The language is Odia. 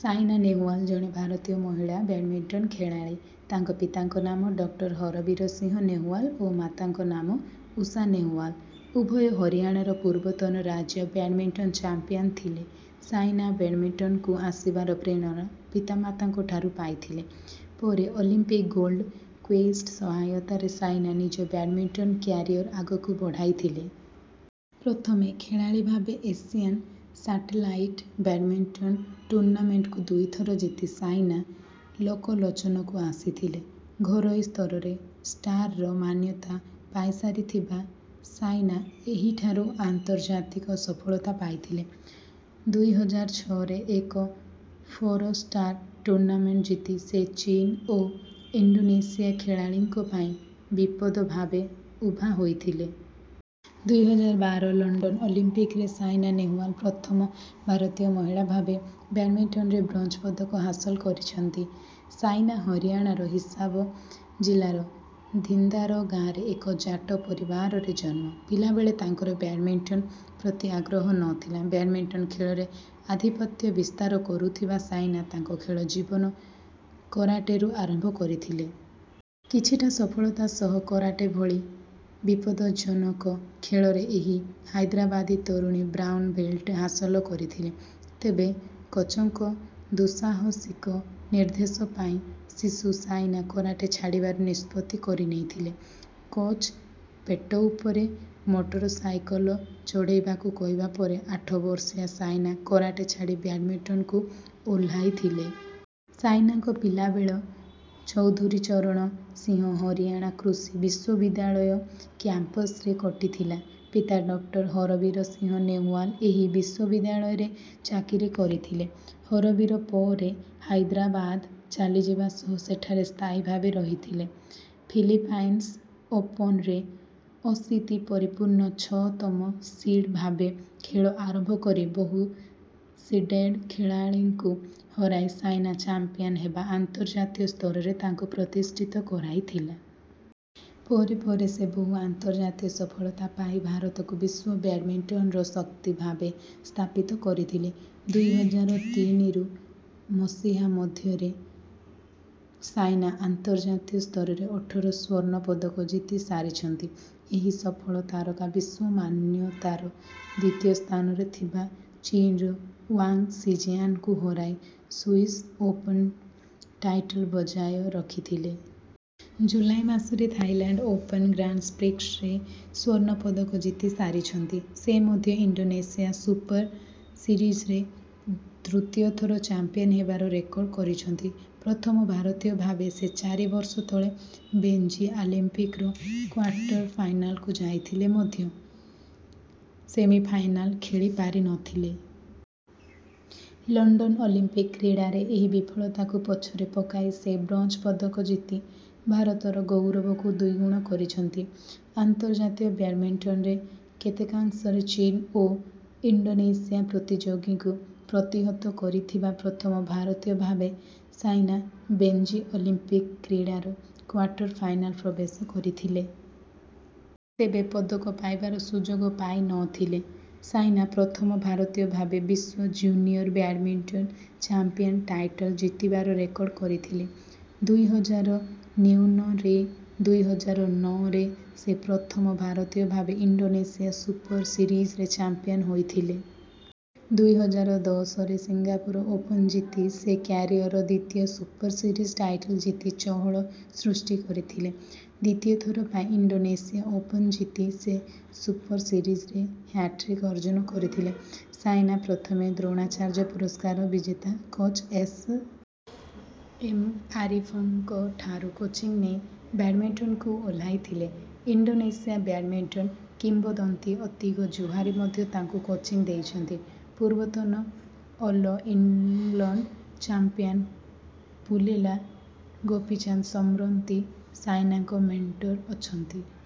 ସାଇନା ନେହୱାଲ ଜଣେ ଭାରତୀୟ ମହିଳା ବ୍ୟାଡ଼ମିଟନ ଖେଳାଳୀ। ତାଙ୍କ ପିତାଙ୍କ ନାମ ଡ. ହରବୀର ସିଂହ ନେହୱାଲ ଓ ମାତାଙ୍କ ନାମ ଊଷା ନେହୱାଲ। ଉଭୟ ହରିଆଣାର ପୂର୍ବତନ ରାଜ୍ୟ ବ୍ୟାଡ଼ମିଟନ ଚାମ୍ପିଆନ ଥିଲେ। ସାଇନା ବ୍ୟାଡ଼ମିଟନକୁ ଆସିବାର ପ୍ରେରଣା ପିତାମାତାଙ୍କଠାରୁ ପାଇଥିଲେ। ପରେ ଅଲିମ୍ପିକ ଗୋଲ୍ଡ କ୍ୱେଷ୍ଟ ସହାୟତାରେ ସାଇନା ନିଜ ବ୍ୟାଡ଼ମିଟନ କ୍ୟାରିଅର ଆଗକୁ ବଢ଼ାଇଥିଲେ। ପ୍ରଥମେ ଖେଳାଳୀ ଭାବେ ଏସିଆନ ସାଟେଲାଇଟ ବ୍ୟାଡ଼ମିଟନ ଟୁର୍ଣ୍ଣାମେଣ୍ଟକୁ ଦୁଇଥର ଜିତି ସାଇନା ଲୋକଲୋଚନକୁ ଆସିଥିଲେ। ଘରୋଇ ସ୍ତରରେ ଷ୍ଟାରର ମାନ୍ୟତା ପାଇସାରିଥିବା ସାଇନା ଏହିଠାରୁ ଆନ୍ତର୍ଜାତିକ ସଫଳତା ପାଇଥିଲେ। ଦୁଇ ହଜାର ଛଅରେ ଏକ ଫୋର ଷ୍ଟାର ଟୁର୍ଣ୍ଣାମେଣ୍ଟ ଜିତି ସେ ଚୀନ ଓ ଇଣ୍ଡୋନେସିଆ ଖେଳାଳୀଙ୍କ ପାଇଁ ବିପଦ ଭାବେ ଉଭା ହୋଇଥିଲେ। ଦୁଇ ହଜାର ବାର ଲଣ୍ଡନ ଅଲିମ୍ପିକରେ ସାଇନା ନେହୱାଲ ପ୍ରଥମ ଭାରତୀୟ ମହିଳା ଭାବେ ବ୍ୟାଡ଼ମିଟନରେ ବ୍ରୋଞ୍ଜ ପଦକ ହାସଲ କରିଛନ୍ତି। ସାଇନା ହରିଆଣାର ହିସାବ ଜିଲ୍ଲାର ଧିନ୍ଦାର ଗାଁରେ ଏକ ଜାଟ ପରିବାରରେ ଜନ୍ମ। ପିଲାବେଳେ ତାଙ୍କର ବ୍ୟାଡ଼ମିଟନ ପ୍ରତି ଆଗ୍ରହ ନଥିଲା। ବ୍ୟାଡ଼ମିଟନ ଖେଳରେ ଆଧିପତ୍ୟ ବିସ୍ତାର କରୁଥିବା ସାଇନା ତାଙ୍କ ଖେଳ ଜୀବନ କରାଟେରୁ ଆରମ୍ଭ କରିଥିଲେ। କିଛିଟା ସଫଳତା ସହ କରାଟେ ଭଳି ବିପଦଜ୍ଜନକ ଖେଳରେ ଏହି ହାଇଦ୍ରାବାଦୀ ତରୁଣୀ ବ୍ରାଉନ ବେଲ୍ଟ ହାସଲ କରିଥିଲେ। ତେବେ କୋଚଙ୍କ ଦୁଃସାହସିକ ନିର୍ଦ୍ଦେଶ ପାଇଁ ଶିଶୁ ସାଇନା କରାଟେ ଛାଡ଼ିବାର ନିଷ୍ପତ୍ତି କରିନେଇଥିଲେ। କୋଚ ପେଟ ଉପରେ ମୋଟରସାଇକଲ ଚଢ଼ାଇବାକୁ କହିବା ପରେ ଆଠ ବର୍ଷୀୟା ସାଇନା କରାଟେ ଛାଡ଼ି ବ୍ୟାଡ଼ମିଟନକୁ ଓହ୍ଲାଇଥିଲେ। ସାଇନାଙ୍କ ପିଲାବେଳ ଚୌଧୁରୀ ଚରଣ ସିଂହ ହରିଆଣା କୃଷି ବିଶ୍ୱବିଦ୍ୟାଳୟ କ୍ୟାମ୍ପସରେ କଟିଥିଲା। ପିତା ଡକ୍ଟର. ହରବୀର ସିଂହ ନେହୱାଲ ଏହି ବିଶ୍ୱବିଦ୍ୟାଳୟରେ ଚାକିରି କରିଥିଲେ। ହରବୀର ପରେ ହାଇଦ୍ରାବାଦ ଚାଲିଯିବା ସହ ସେଠାରେ ସ୍ଥାୟୀ ଭାବେ ରହିଥିଲେ। ଫିଲିପାଇନ୍ସ ଓପନରେ ଅଶୀତି ପରିପୂର୍ଣ୍ଣ ଛଅ ତମ ସିଡ୍ ଭାବେ ଖେଳ ଆରମ୍ଭ କରି ବୋହୁ ସିଡେଡ୍ ଖେଳାଳୀଙ୍କୁ ହରାଇ ସାଇନା ଚାମ୍ପିଆନ ହେବା ଆନ୍ତର୍ଜାତୀୟ ସ୍ତରରେ ତାଙ୍କୁ ପ୍ରତିଷ୍ଠିତ କରାଇଥିଲା। ପରେ ପରେ ସେ ବୋହୁ ଆନ୍ତର୍ଜାତୀୟ ସଫଳତା ପାଇ ଭାରତକୁ ବିଶ୍ୱ ବ୍ୟାଡ଼ମିଟନର ଶକ୍ତି ଭାବେ ସ୍ଥାପିତ କରିଥିଲେ। ଦୁଇ ହଜାର ତିନିରୁ ମସିହା ମଧ୍ୟରେ ସାଇନା ଆନ୍ତର୍ଜାତୀୟ ସ୍ତରରେ ଅଠର ସ୍ୱର୍ଣ୍ଣ ପଦକ ଜିତି ସାରିଛନ୍ତି। ଏହି ସଫଳ ତାରକା ବିଶ୍ୱ ମାନ୍ୟତାର ଦ୍ୱିତୀୟ ସ୍ଥାନରେ ଥିବା ଚୀନର ୱାଙ୍ଗ ସିଜିଆନଙ୍କୁ ହରାଇ ସୁଇସ ଓପନ ଟାଇଟଲ ବଜାୟ ରଖିଥିଲେ। ଜୁଲାଇ ମାସରେ ଥାଇଲାଣ୍ଡ ଓପନ ଗ୍ରାଣ୍ଡପ୍ରିକ୍ସରେ ସ୍ୱର୍ଣ୍ଣ ପଦକ ଜିତି ସାରିଛନ୍ତି। ସେ ମଧ୍ୟ ଇଣ୍ଡୋନେସିଆ ସୁପର ସିରିଜରେ ତୃତୀୟ ଥର ଚାମ୍ପିଆନ ହେବାର ରେକର୍ଡ କରିଛନ୍ତି। ପ୍ରଥମ ଭାରତୀୟ ଭାବେ ସେ ଚାରି ବର୍ଷ ତଳେ ବେଜିଂ ଅଲିମ୍ପିକର କ୍ୱାର୍ଟର ଫାଇନାଲକୁ ଯାଇଥିଲେ ମଧ୍ୟ ସେମିଫାଇନାଲ ଖେଳି ପାରି ନଥିଲେ। ଲଣ୍ଡନ ଅଲିମ୍ପିକ କ୍ରୀଡ଼ାରେ ଏହି ବିଫଳତାକୁ ପଛରେ ପକାଇ ସେ ବ୍ରୋଞ୍ଜ ପଦକ ଜିତି ଭାରତର ଗୌରବକୁ ଦ୍ୱିଗୁଣିତ କରିଛନ୍ତି। ଆନ୍ତର୍ଜାତୀୟ ବ୍ୟାଡ଼ମିଟନରେ କେତେକାଂଶରେ ଚୀନ ଓ ଇଣ୍ଡୋନେସିଆ ପ୍ରତିଯୋଗୀଙ୍କୁ ପ୍ରତିହତ କରିଥିବା ପ୍ରଥମ ଭାରତୀୟ ଭାବେ ସାଇନା ବେଜିଂ ଅଲିମ୍ପିକ କ୍ରୀଡ଼ାର କ୍ୱାର୍ଟର ଫାଇନାଲ ପ୍ରବେଶ କରିଥିଲେ। ତେବେ ପଦକ ପାଇବାର ସୁଯୋଗ ପାଇ ନ ଥିଲେ। ସାଇନା ପ୍ରଥମ ଭାରତୀୟ ଭାବେ ବିଶ୍ୱ ଜୁନିଅର ବ୍ୟାଡ଼ମିଟନ ଚାମ୍ପିଆନ ଟାଇଟଲ ଜିତିବାର ରେକର୍ଡ କରିଥିଲେ। ଦୁଇ ହଜାର ନ୍ୟୁନରେ ଦୁଇ ହଜାର ନଅରେ ସେ ପ୍ରଥମ ଭାରତୀୟ ଭାବେ ଇଣ୍ଡୋନେସିଆ ସୁପର ସିରିଜରେ ଚାମ୍ପିଆନ ହୋଇଥିଲେ। ଦୁଇ ହଜାର ଦଶରେ ସିଙ୍ଗାପୁର ଓପନ ଜିତି ସେ କ୍ୟାରିଅରର ଦ୍ୱିତୀୟ ସୁପର ସିରିଜ ଟାଇଟଲ ଜିତି ଚହଳ ସୃଷ୍ଟି କରିଥିଲେ। ଦ୍ୱିତୀୟ ଥର ପାଇଁ ଇଣ୍ଡୋନେସିଆ ଓପନ ଜିତି ସେ ସୁପର ସିରିଜରେ ହ୍ୟାଟ୍ରିକ ଅର୍ଜନ କରିଥିଲେ। ସାଇନା ପ୍ରଥମେ ଦ୍ରୋଣାଚାର୍ଯ୍ୟ ପୁରସ୍କାର ବିଜେତା କୋଚ ଏସ. ଏମ. ଆରିଫଙ୍କଠାରୁ କୋଚିଂ ନେଇ ବ୍ୟାଡ଼ମିଟନକୁ ଓହ୍ଲାଇଥିଲେ। ଇଣ୍ଡୋନେସିଆ ବ୍ୟାଡ଼ମିଟନ କିମ୍ବଦନ୍ତୀ ଅତିକ ଜୁହାରି ମଧ୍ୟ ତାଙ୍କୁ କୋଚିଂ ଦେଇଛନ୍ତି। ପୂର୍ବତନ all England champion Pullela Gopichand ସମ୍ପ୍ରତି ସାଇନାଙ୍କ ମେଣ୍ଟର ଅଛନ୍ତି।